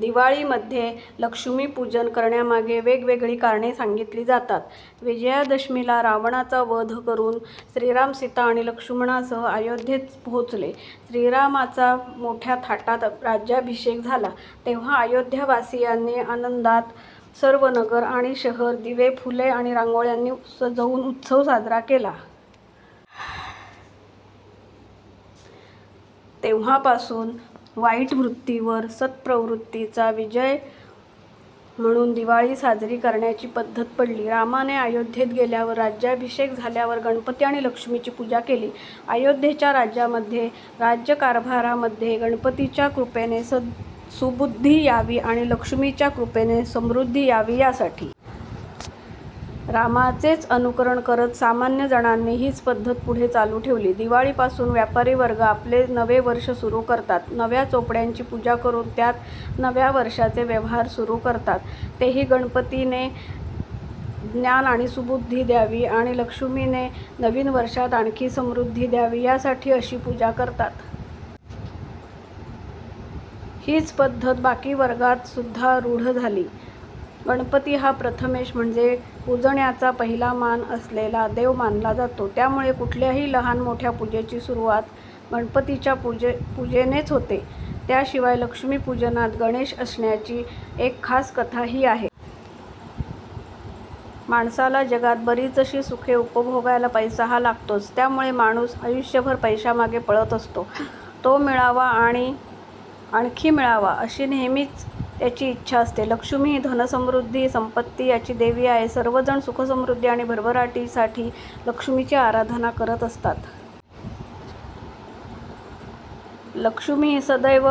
दिवाळीमध्ये लक्ष्मी पूजन करण्यामागे वेगवेगळी करणे सांगितली जातात. विजयादशमीला रावणाचा वध करून श्रीराम, सीता आणि लक्ष्मणासह अयोध्येत पोहोचले. श्रीरामाचा मोठ्या थाटात राज्याभिषेक झाला. तेव्हा अयोध्यावासियांनी आनंदात सर्व नगर आणि शहर दिवे, फुले आणि रांगोळ्यांनी सजवुन उत्सव साजरा केला. तेव्हापासून वाईट वृत्तीवर सत्प्रवृत्तीचा विजय म्हणुन दिवाळी साजरी करण्याची पद्धत पडली. रामाने अयोध्येत गेल्यावर, राज्याभिषेक झाल्यावर गणपती आणि लक्ष्मीची पूजा केली. अयोध्येच्या राज्यामध्ये, राज्यकारभारामध्ये गणपतीच्या कृपेने सुबुद्धी यावी आणि लक्ष्मीच्या कृपेने समृद्धी यावी यासाठी. रामाचेच अनुकरण करत सामान्य जणांनी हीच पद्धत पुढे चालु ठेवली. दिवाळी पासुन व्यापारी वर्ग आपले नवे वर्ष सुरु करतात. नव्या चोपड्यांची पूजा करून त्यात नव्या वर्षाचे व्यवहार सुरु करतात. तेही गणपतीने ज्ञान आणि सुबुद्धी द्यावी आणि लक्ष्मीने नवीन वर्षात आणखी समृद्धी द्यावी यासाठी अशी पूजा करतात. हीच पद्धत बाकी वर्गात सुद्धा रूढ झाली. गणपती हा प्रथमेश म्हणजे पुजण्याचा पहिला मान असलेला देव मानला जातो. त्यामुळे कुठल्याही लहान मोठ्या पूजेची सुरुवात गणपतीच्या पुजेनेच होते. त्याशिवाय लक्ष्मीपूजनात गणेश असण्याची एक खास कथा हि आहे. माणसाला जगात बरीचशी सुखे उपभोगायला पैसा हा लागतोच. त्यामुळे माणुस आयुष्यभर पैशामागे पळत असतो, तो मिळावा आणि आणखी मिळावा अशी नेहमीच त्याची इच्छा असते. लक्ष्मी हि धन, समृद्धी, संपत्ती याची देवी आहे. सर्व जण सुख समृद्धी आणि भरभराटीसाठी लक्ष्मीची आराधना करत असतात. लक्ष्मी ही सदैव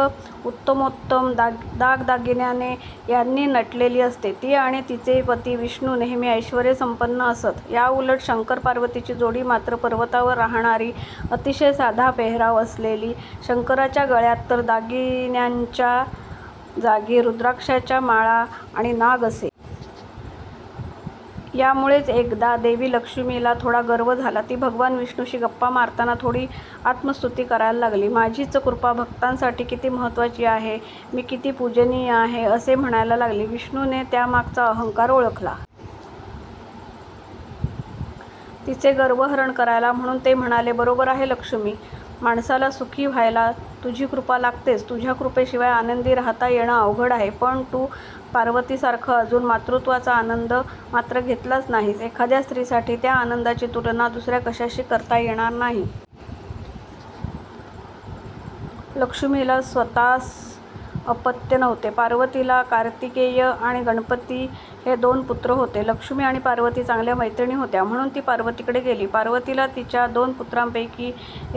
उत्तमोत्तम दागदागिने यांनी नटलेली असते. ती आणि तिचे पती विष्णु नेहमी ऐश्वर्य संपन्न असत. याउलट शंकर पार्वतीची जोडी मात्र पर्वतावर राहणारी, अतिशय साधा पेहराव असलेली. शंकराच्या गळ्यात तर दागिन्यांच्या जागी रुद्राक्षाच्या माळा आणि नाग असे. यामुळेच एकदा देवी लक्ष्मीला थोडा गर्व झाला. ती भगवान विष्णूशी गप्पा मारताना थोडी आत्मस्तुती करायला लागली. माझीच कृपा भक्तांसाठी किती महत्वाची आहे, मी किती पूजनीय आहे असे म्हणायला लागली. विष्णुने त्यामागचा अहंकार ओळखला. तिचे गर्वहरण करायला म्हणुन ते म्हणाले बरोबर आहे लक्ष्मी, माणसाला सुखी व्हायला तुझी कृपा लागतेच. तुझ्या कृपेशिवाय आनंदी राहता येणं अवघड आहे. पण तु पार्वतीसारखं अजुन मातृत्वाचा आनंद मात्र घेतलाच नाहीस. एखाद्या स्त्रीसाठी त्या आनंदाची तुलना दुसऱ्या कशाशी करता येणार नाही. लक्ष्मीला स्वतःस अपत्य नव्हते. पार्वतीला कार्तिकेय आणि गणपती हे दोन पुत्र होते. लक्ष्मी आणि पार्वती चांगल्या मैत्रिणी होत्या. म्हणुन ती पार्वतीकडे गेली. पार्वतीला तिच्या दोन पुत्रांपैकी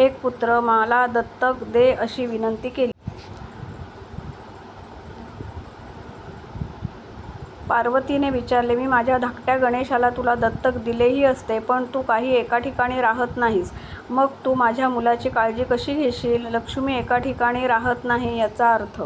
एक पुत्र मला दत्तक दे अशी विनंती केली. पार्वतीने विचारले मी माझ्या धाकट्या गणेशाला तुला दत्तक दिलेही असते. पण तू काही एका ठिकाणी राहत नाहीस. मग तू माझ्या मुलाची काळजी कशी घेशील? लक्ष्मी एका ठिकाणी राहत नाही याचा अर्थ